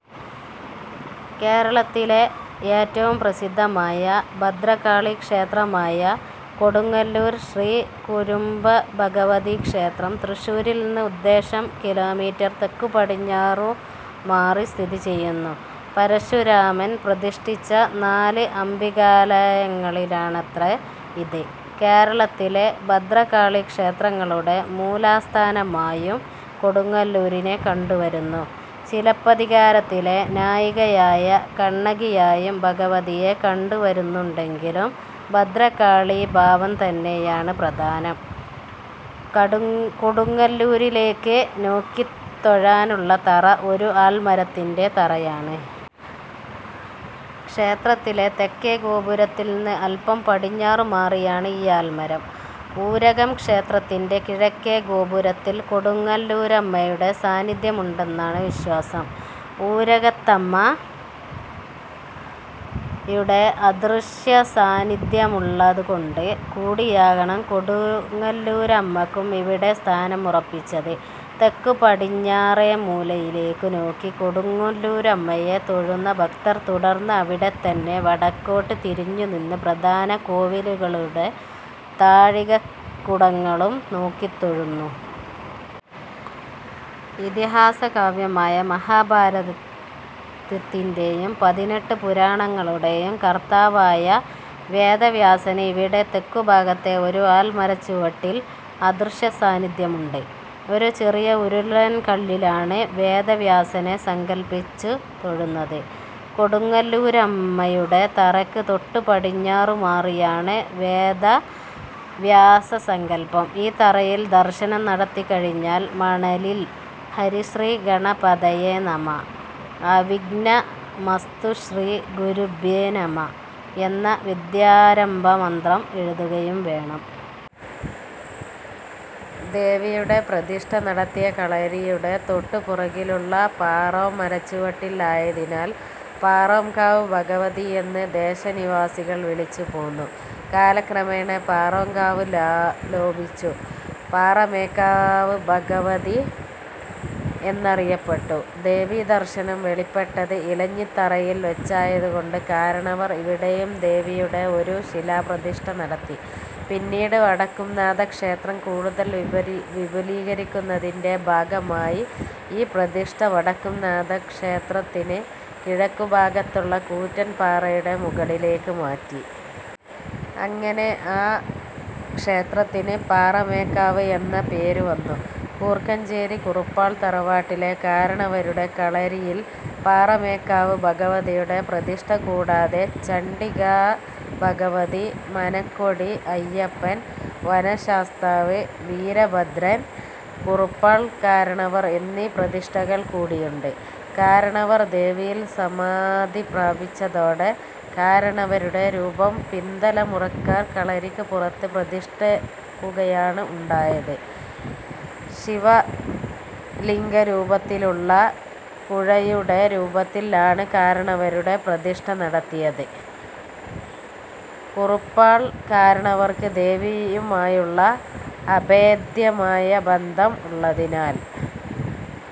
കേരളത്തിലെ ഏറ്റവും പ്രസിദ്ധമായ ഭദ്രകാളിക്ഷേത്രമായ കൊടുങ്ങല്ലൂർ ശ്രീ കുരുംബഭഗവതിക്ഷേത്രം തൃശ്ശൂരിൽ നിന്ന് ഉദ്ദേശം കിലോമീറ്റർ തെക്കുപടിഞ്ഞാറുമാറി സ്ഥിതിചെയ്യുന്നു. പരശുരാമൻ പ്രതിഷ്ഠിച്ച നാല് അംബികാലയങ്ങളിലൊന്നാണത്രേ ഇത്. കേരളത്തിലെ ഭദ്രകാളീക്ഷേത്രങ്ങളുടെ മൂലസ്ഥാനമായും കൊടുങ്ങല്ലൂരിനെ കണ്ടുവരുന്നു. ചിലപ്പതികാരത്തിലെ നായികയായ കണ്ണകിയായും ഭഗവതിയെ കണ്ടുവരുന്നുണ്ടെങ്കിലും ഭദ്രകാളീഭാവം തന്നെയാണ് പ്രധാനം. കൊടുങ്ങല്ലരിലേയ്ക്ക് നോക്കിത്തൊഴാനുള്ള തറ ഒരു ആൽമരത്തിന്റെ തറയാണ്. ക്ഷേത്രത്തിലെ തെക്കേ ഗോപുരത്തിൽനിന്ന് അല്പം പടിഞ്ഞാറുമാറിയാണ് ഈ ആൽമരം. ഊരകം ക്ഷേത്രത്തിന്റെ കിഴക്കേ ഗോപുരത്തിൽ കൊടുങ്ങല്ലൂരമ്മയുടെ സാന്നിദ്ധ്യമുണ്ടെന്നാണ് വിശ്വാസം. ഊരകത്തമ്മയുടെ അദൃശ്യസാന്നിദ്ധ്യമുള്ളതുകൊണ്ട് കൂടിയാകണം കൊടുങ്ങല്ലൂരമ്മയ്ക്കും ഇവിടെ സ്ഥാനം ഉറപ്പിച്ചത്. തെക്കുപടിഞ്ഞാറേമൂലയിലേയ്ക്കുനോക്കി കൊടുങ്ങല്ലൂരമ്മയെ തൊഴുന്ന ഭക്തർ തുടർന്ന് അവിടെത്തന്നെ വടക്കോട്ട് തിരിഞ്ഞുനിന്ന് പ്രധാന ശ്രീകോവിലുകളുടെ താഴികക്കുടങ്ങളും നോക്കിത്തൊഴുന്നു. ഇതിഹാസകാവ്യമായ മഹാഭാരതത്തിന്റെയും പതിനെട്ട് പുരാണങ്ങളുടെയും കർത്താവായ വേദവ്യാസന് ഇവിടെ തെക്കുഭാഗത്തെ ഒരു ആൽമരത്തിന്റെ ചുവട്ടിൽ അദൃശ്യസാന്നിദ്ധ്യമുണ്ട്. ഒരു ചെറിയ ഉരുളൻകല്ലിലാണ് വേദവ്യാസനെ സങ്കല്പിച്ചുതൊഴുന്നത്. കൊടുങ്ങല്ലൂരമ്മയുടെ തറയ്ക്ക് തൊട്ടുപടിഞ്ഞാറുമാറിയാണ് വേദവ്യാസസങ്കല്പം. ഈ തറയിൽ ദർശനം നടത്തിക്കഴിഞ്ഞാൽ മണലിൽ 'ഹരിശ്രീ ഗണപതയേ നമഃ അവിഘ്നമസ്തു ശ്രീ ഗുരുഭ്യോ നമഃ' എന്ന വിദ്യാരംഭമന്ത്രം എഴുതുകയും വേണം. ദേവിയുടെ പ്രതിഷ്ഠ നടത്തിയ കളരിയുടെ തൊട്ടു പുറകിലുള്ള പാറോം മരച്ചുവട്ടിൽ ആയതിനാൽ പാറോംകാവ് ഭഗവതി എന്ന് ദേശനിവാസികൾ വിളിച്ചു പോന്നു. കാലക്രമേണ പാറോംകാവ് ലോഭിച്ചു പാറമേക്കാവ് ഭഗവതി എന്നറിയപ്പെട്ടു. ദേവീദർശനം വെളിപ്പെട്ടത് ഇലഞ്ഞിത്തറയിൽ വെച്ചായത് കൊണ്ട് കാരണവർ ഇവിടെയും ദേവിയുടെ ഒരു ശിലാപ്രതിഷ്ഠ നടത്തി. പിന്നീട് വടക്കുംനാഥ ക്ഷേത്രം കൂടുതൽ വിപുലീകരിക്കുന്നതിന്റെ ഭാഗമായി ഈ പ്രതിഷ്ഠ വടക്കുംനാഥക്ഷേത്രത്തിന് കിഴക്കുഭാഗത്തുള്ള കൂറ്റൻ പാറയുടെ മുകളിലേയ്ക്കുമാറ്റി. അങ്ങനെ ആ ക്ഷേത്രത്തിന് പാറമേക്കാവ് എന്ന പേരുവന്നു. കൂർക്കഞ്ചേരി കുറുപ്പാൾ തറവാട്ടിലെ കാരണവരുടെ കളരിയിൽ പാറമേക്കാവ് ഭഗവതിയുടെ പ്രതിഷ്ഠ കൂടാതെ ചണ്ഡികാഭഗവതി, മനക്കൊടി അയ്യപ്പൻ, വനശാസ്താവ്, വീരഭദ്രൻ, കുറുപ്പാൾ കാരണവർ എന്നീ പ്രതിഷ്ഠകൾ കൂടിയുണ്ട്. കാരണവർ ദേവിയിൽ സമാധി പ്രാപിച്ചതോടെ കാരണവരുടെ രൂപം പിന്തലമുറക്കാർ കളരിക്ക് പുറത്ത് പ്രതിഷ്ഠിക്കുകയാണ് ഉണ്ടായത്. ശിവലിംഗരൂപത്തിലുള്ള കുഴയുടെ രൂപത്തിൽ ആണ് കാരണവരുടെ പ്രതിഷ്ഠ നടത്തിയത്. കുറുപ്പാൾ കാരണവർക്ക് ദേവിയുമായുള്ള അഭേദ്ധ്യമായ ബന്ധം ഉള്ളതിനാൽ